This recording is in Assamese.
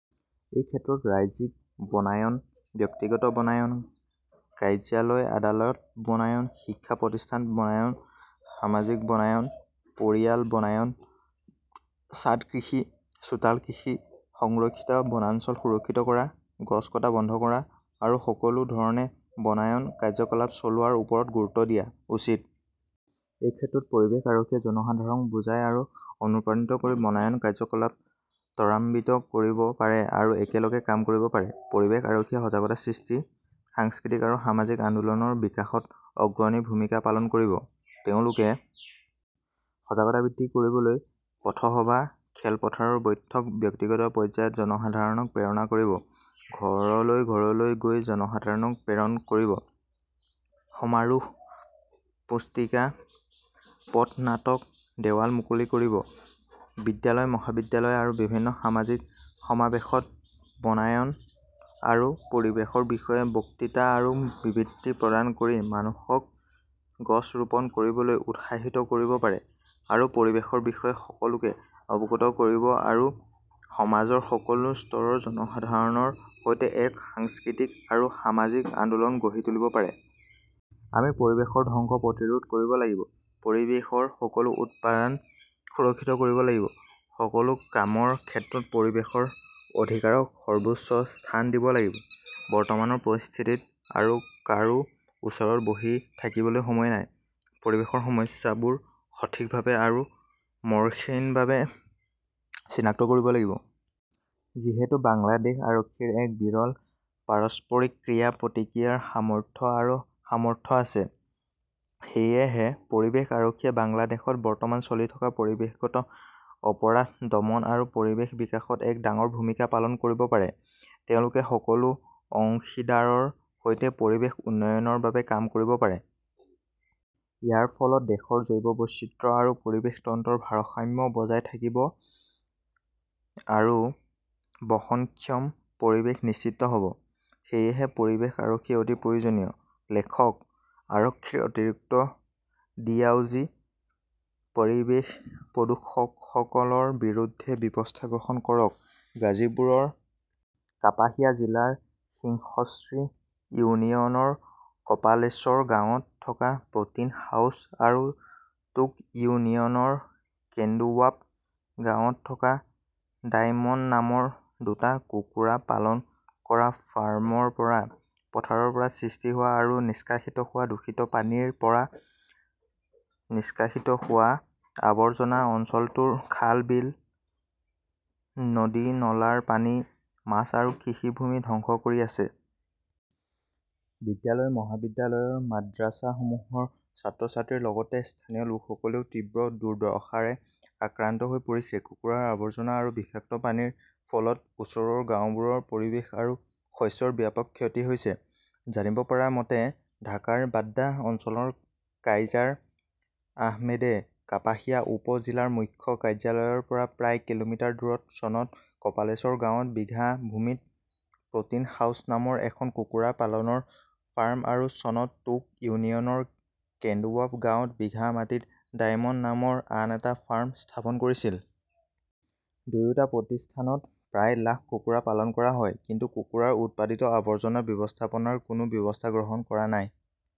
এই ক্ষেত্ৰত ৰাজ্যিক বনায়ন, ব্যক্তিগত বনায়ন, কাৰ্যালয়-আদালত বনায়ন, শিক্ষা প্ৰতিষ্ঠানত বনায়ন, সামাজিক বনায়ন, পৰিয়াল বনায়ন, ছাদ কৃষি, চোতাল কৃষি, সংৰক্ষিত বনাঞ্চল সুৰক্ষিত কৰা, গছ কটা বন্ধ কৰা আৰু সকলো ধৰণে বনায়ন কাৰ্যকলাপ চলোৱাৰ ওপৰত গুৰুত্ব দিয়া উচিত। এই ক্ষেত্ৰত পৰিৱেশ আৰক্ষীয়ে জনসাধাৰণক বুজাই আৰু অনুপ্ৰাণিত কৰি বনায়ন কাৰ্যকলাপ ত্বৰান্বিত কৰিব পাৰে আৰু একেলগে কাম কৰিব পাৰে। পৰিৱেশ আৰক্ষীয়ে সজাগতা সৃষ্টি, সাংস্কৃতিক আৰু সামাজিক আন্দোলনৰ বিকাশত অগ্ৰণী ভূমিকা পালন কৰিব। তেওঁলোকে সজাগতা বৃদ্ধি কৰিবলৈ পথসভা, খেলপথাৰৰ বৈঠক, ব্যক্তিগত পৰ্যায়ত জনসাধাৰণক প্ৰেৰণ কৰিব, ঘৰলৈ ঘৰলৈ গৈ জনসাধাৰণক প্ৰেৰণ কৰিব, সমাৰোহ, পুস্তিকা, পথ নাটক, দেৱাল মুকলি কৰিব, বিদ্যালয়-মহাবিদ্যালয় আৰু বিভিন্ন সামাজিক সমাৱেশত বনায়ন আৰু পৰিৱেশৰ বিষয়ে বক্তৃতা আৰু বিবৃতি প্ৰদান কৰি মানুহক গছ ৰোপণ কৰিবলৈ উৎসাহিত কৰিব পাৰে আৰু পৰিৱেশৰ বিষয়ে সকলোকে অৱগত কৰিব আৰু সমাজৰ সকলো স্তৰৰ জনসাধাৰণৰ সৈতে এক সাংস্কৃতিক আৰু সামাজিক আন্দোলন গঢ়ি তুলিব পাৰে। আমি পৰিৱেশৰ ধ্বংস প্ৰতিৰোধ কৰিব লাগিব, পৰিৱেশৰ সকলো উপাদান সুৰক্ষিত কৰিব লাগিব, সকলো কামৰ ক্ষেত্ৰত পৰিৱেশৰ অধিকাৰক সৰ্বোচ্চ স্থান দিব লাগিব। বৰ্তমানৰ পৰিস্থিতিত আৰু কাৰো ওচৰত বহি থাকিবলৈ সময় নাই। পৰিৱেশৰ সমস্যাবোৰ সঠিকভাৱে আৰু মসৃণভাৱে চিনাক্ত কৰিব লাগিব। যিহেতু বাংলাদেশ আৰক্ষীৰ এক বিৰল পাৰস্পৰিক ক্ৰিয়া-প্ৰতিক্ৰিয়াৰ সামৰ্থ্য আৰু সামৰ্থ্য আছে, সেয়েহে পৰিৱেশ আৰক্ষীয়ে বাংলাদেশত বৰ্তমান চলি থকা পৰিৱেশগত অপৰাধ দমন আৰু পৰিৱেশ বিকাশত এক ডাঙৰ ভূমিকা পালন কৰিব পাৰে। তেওঁলোকে সকলো অংশীদাৰৰ সৈতে পৰিৱেশ উন্নয়নৰ বাবে কাম কৰিব পাৰে। ইয়াৰ ফলত দেশৰ জৈৱ বৈচিত্ৰ্য আৰু পৰিৱেশ তন্ত্ৰৰ ভাৰসাম্য বজাই থাকিব আৰু বহনক্ষম পৰিৱেশ নিশ্চিত হ "ব। সেয়েহে পৰিৱেশ আৰক্ষী অতি প্ৰয়োজনীয়। লেখকঃ আৰক্ষীৰ অতিৰিক্ত ডিআইজি। পৰিৱেশ প্ৰদূষকসকলৰ বিৰুদ্ধে ব্যৱস্থা গ্ৰহণ কৰক গাজীপুৰৰ কাপাসিয়া জিলাৰ সিংহশ্ৰী ইউনিয়নৰ কপালেশ্বৰ গাঁৱত থকা প্ৰ 'টিন হাউচ আৰু টোক ইউনিয়নৰ কেন্দুৱাব গাঁৱত থকা ডায়মণ্ড নামৰ দুটা কুকুৰা পালন কৰা ফাৰ্ম ৰ পৰা, পথাৰৰ পৰা সৃষ্টি হোৱা আৰু নিষ্কাশিত হোৱা দূষিত পানীৰ পৰা নিষ্কাশিত হোৱা আৱৰ্জনা অঞ্চলটোৰ খাল-বিল, নদী-নলাৰ পানী, মাছ আৰু কৃষিভূমি ধ্বংস কৰি আছে। বিদ্যালয় মহাবিদ্যালয়ৰ মাদ্ৰাছাসমূহৰ ছাত্ৰ-ছাত্ৰীৰ লগতে স্থানীয় লোকসকলেও তীব্ৰ দুৰ্দশাৰে আক্ৰান্ত হৈ পৰিছে। কুকুৰাৰ আৱৰ্জনা আৰু বিষাক্ত পানীৰ ফলত ওচৰৰ গাওঁবোৰৰ পৰিৱেশ আৰু শস্যৰ ব্যাপক ক্ষতি হৈছে। জানিব পৰা মতে, ঢাকাৰ বাড্ডা অঞ্চলৰ কাইজাৰ আহমেদে কাপাসিয়া উপ-জিলাৰ মুখ্য কাৰ্যালয়ৰ পৰা প্ৰায় কিলোমিটাৰ দূৰত চনত কপালেশ্বৰ গাঁৱত বিঘা ভূমিত প্ৰ 'টিন হাউচ নামৰ এখন কুকুৰা পালনৰ ফাৰ্ম আৰু চনত টোক ইউনিয়নৰ কেন্দুৱাব গাঁৱত বিঘা ভূমিত ডায়মণ্ড নামৰ আন এটা ফাৰ্ম স্থাপন কৰিছিল। দুয়োটা প্ৰতিষ্ঠানত প্ৰায় লাখ কুকুৰা পালন কৰা হয়, কিন্তু কুকুৰাৰ উৎপাদিত আৱৰ্জনা ব্যৱস্থাপনাৰ কোনো ব্যৱস্থা গ্ৰহণ কৰা নাই।